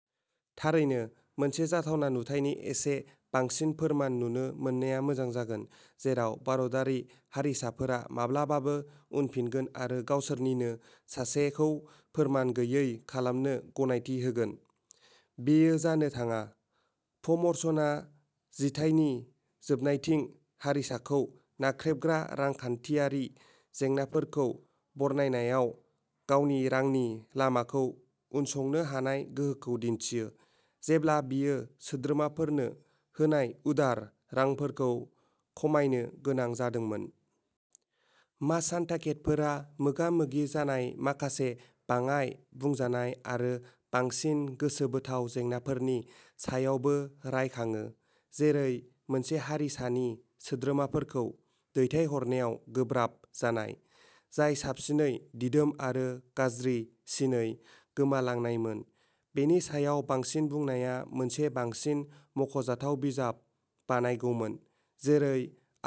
" थारैनो? मोनसे जाथावना नुथायनि एसे बांसिन फोरमान नुनो मोननाया मोजां जागोन जेराव भारतारि हारिसाफोरा माब्लाबाबो उनफिनगोन आरो गावसोरनिनो सासेखौ फोरमान गैयै खालामनो गनायथि होगोन। बेयो जानो थाङा। फ'र्मसनआ जिथाइनि जोबनायथिं हारिसाखौ नाख्रेबग्रा रांखान्थियारि जेंनाफोरखौ बरनायनायाव गावनि रांनि लामाखौ उनसंनो हानाय गोहोखौ दिन्थियो, जेब्ला बियो सोद्रोमाफोरनो होनाय उदार रांफोरखौ खमायनो गोनां जादोंमोन। माशान्टाकेटफोरा मोगा-मोगि जानाय माखासे बाङाय-बुंजानाय आरो बांसिन गोसोबोथाव जेंनाफोरनि सायावबो रायखाङो, जेरै मोनसे हारिसानि सोद्रोमाफोरखौ "दैथायहरनायाव" गोब्राब जानाय, जाय साबसिनै दिदोम आरो गाज्रिसिनै गोमालांनायमोन। बेनि सायाव बांसिन बुंनाया मोनसे बांसिन मख'जाथाव बिजाब बानायगौमोन, जेरै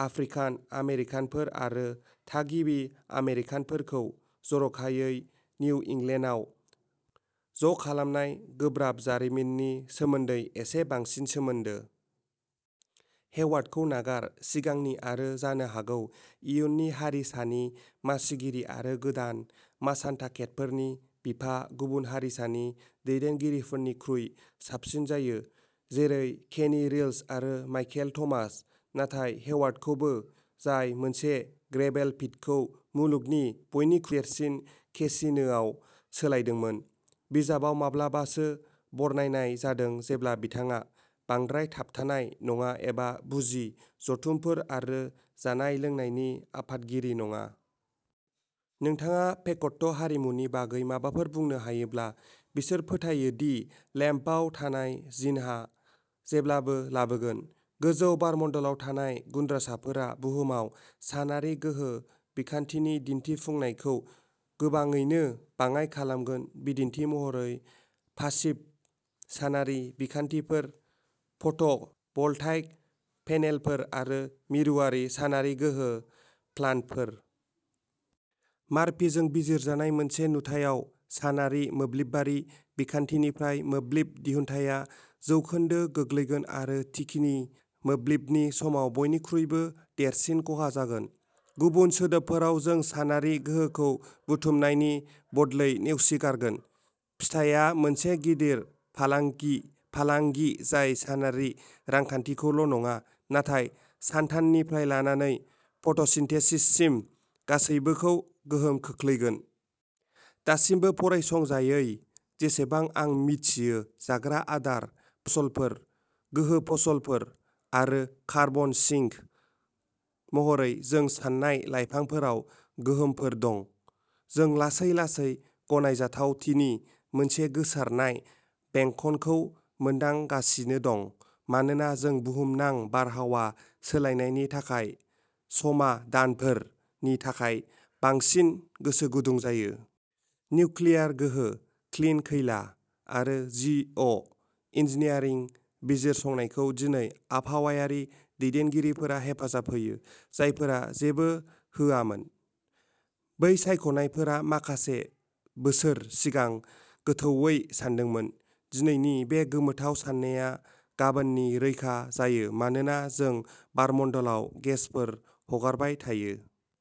आफ्रिकान आमेरिकानफोर आरो थागिबि आमेरिकानफोरखौ जर'खायै निउ इंलेन्डआव ज'खालामनाय गोब्राब जारिमिननि सोमोन्दै एसे बांसिन सोमोन्दो। हेवार्डखौ नागार, सिगांनि-आरो जानो हागौ इयुननि-हारिसानि मासिगिरि आरो गोदान माशान्टाकेटफोरनि बिफा, गुबुन हारिसानि दैदेनगिरिफोरनिख्रुइ साबसिन जायो, जेरै केनि रिल्स आरो माइकेल थमास। नाथाय हेवार्डखौबो, जाय मोनसे ग्रेभेल पिटखौ मुलुगनि बयनिख्रुइबो देरसिन केसिनोआव सोलायदोंमोन, बिजाबाव माब्लाबासो बरनायनाय जादों जेब्ला बिथाङा "बांद्राय थाबथानाय" नङा एबा "बुजि" जथुमफोर आरो जानाय-लोंनायनि आफादगिरि नङा। "नोंथाङा पेक'ट हारिमुनि बागै माबाफोर बुंनो हायोब्ला, बिसोर फोथायो दि लेम्पआव थानाय जिनआ जेब्लाबो लाबोगोन। गोजौ बारमण्डलाव थानाय गुनद्रासाफोरा बुहुमाव सानआरि गोहो बिखान्थिनि दिन्थिफुंनायखौ गोबाङैनो बाङाइ खालामगोन-बिदिन्थि महरै, पासिभ सानारि बिखान्थिफोर, फट'भल्टाइक पेनेलफोर आरो मिरुआरि सानआरि गोहो प्लान्टफोर। मार्फिजों बिजिरजानाय मोनसे नुथायाव, सानआरि मोब्लिबारि बिखान्थिनिफ्राय मोब्लिब दिहुन्थाया जौखोन्दो गोग्लैगोन आरो थिखिनि मोब्लिबनि समाव बयनिख्रुइबो देरसिन खहा जागोन। गुबुन सोदोबफोराव, जों सानआरि गोहोखौ बुथुमनायनि बदलै नेवसिगारगोन। फिथायआ मोनसे गिदिर फालांगि-फालांगि जाय सानआरि रांखान्थिखौल'नङा, नाथाय सानटाननिफ्राय लानानै फट'सिनथेसिससिम गासैबोखौ गोहोम खोख्लैगोन। दासिमबो फरायसंजायै, जेसेबां आं मिथियो, जाग्रा आदार फसलफोर, गोहो फसलफोर आरो कार्बन सिंक महरै जों सान्नाय लाइफांफोराव गोहोमफोर दं। जों लासै-लासै गनायजाथावथिनि मोनसे गोसारनाय बेंखनखौ मोनदांगासिनो दं मानोना जों बुहुमनां बारहावा सोलायनायनि थाखाय समाधानफोरनि थाखाय बांसिन गोसो गुदुं जायो। निउक्लियार गोहो, "क्लिन खैला" आरो जिअ'- इन्जिनियारिं बिजिरसंनायखौ दिनै आबहावायारि दैदेनगिरिफोरा हेफाजाब होयो, जायफोरा जेबो होआमोन। बै सायख'नायफोरा माखासे बोसोर सिगां गोथौवै सानदोंमोन। दिनैनि बे गोमोथाव साननाया गाबोननि रैखा जायो मानोना जों बारमण्डलाव गेसफोर हगारबाय थायो।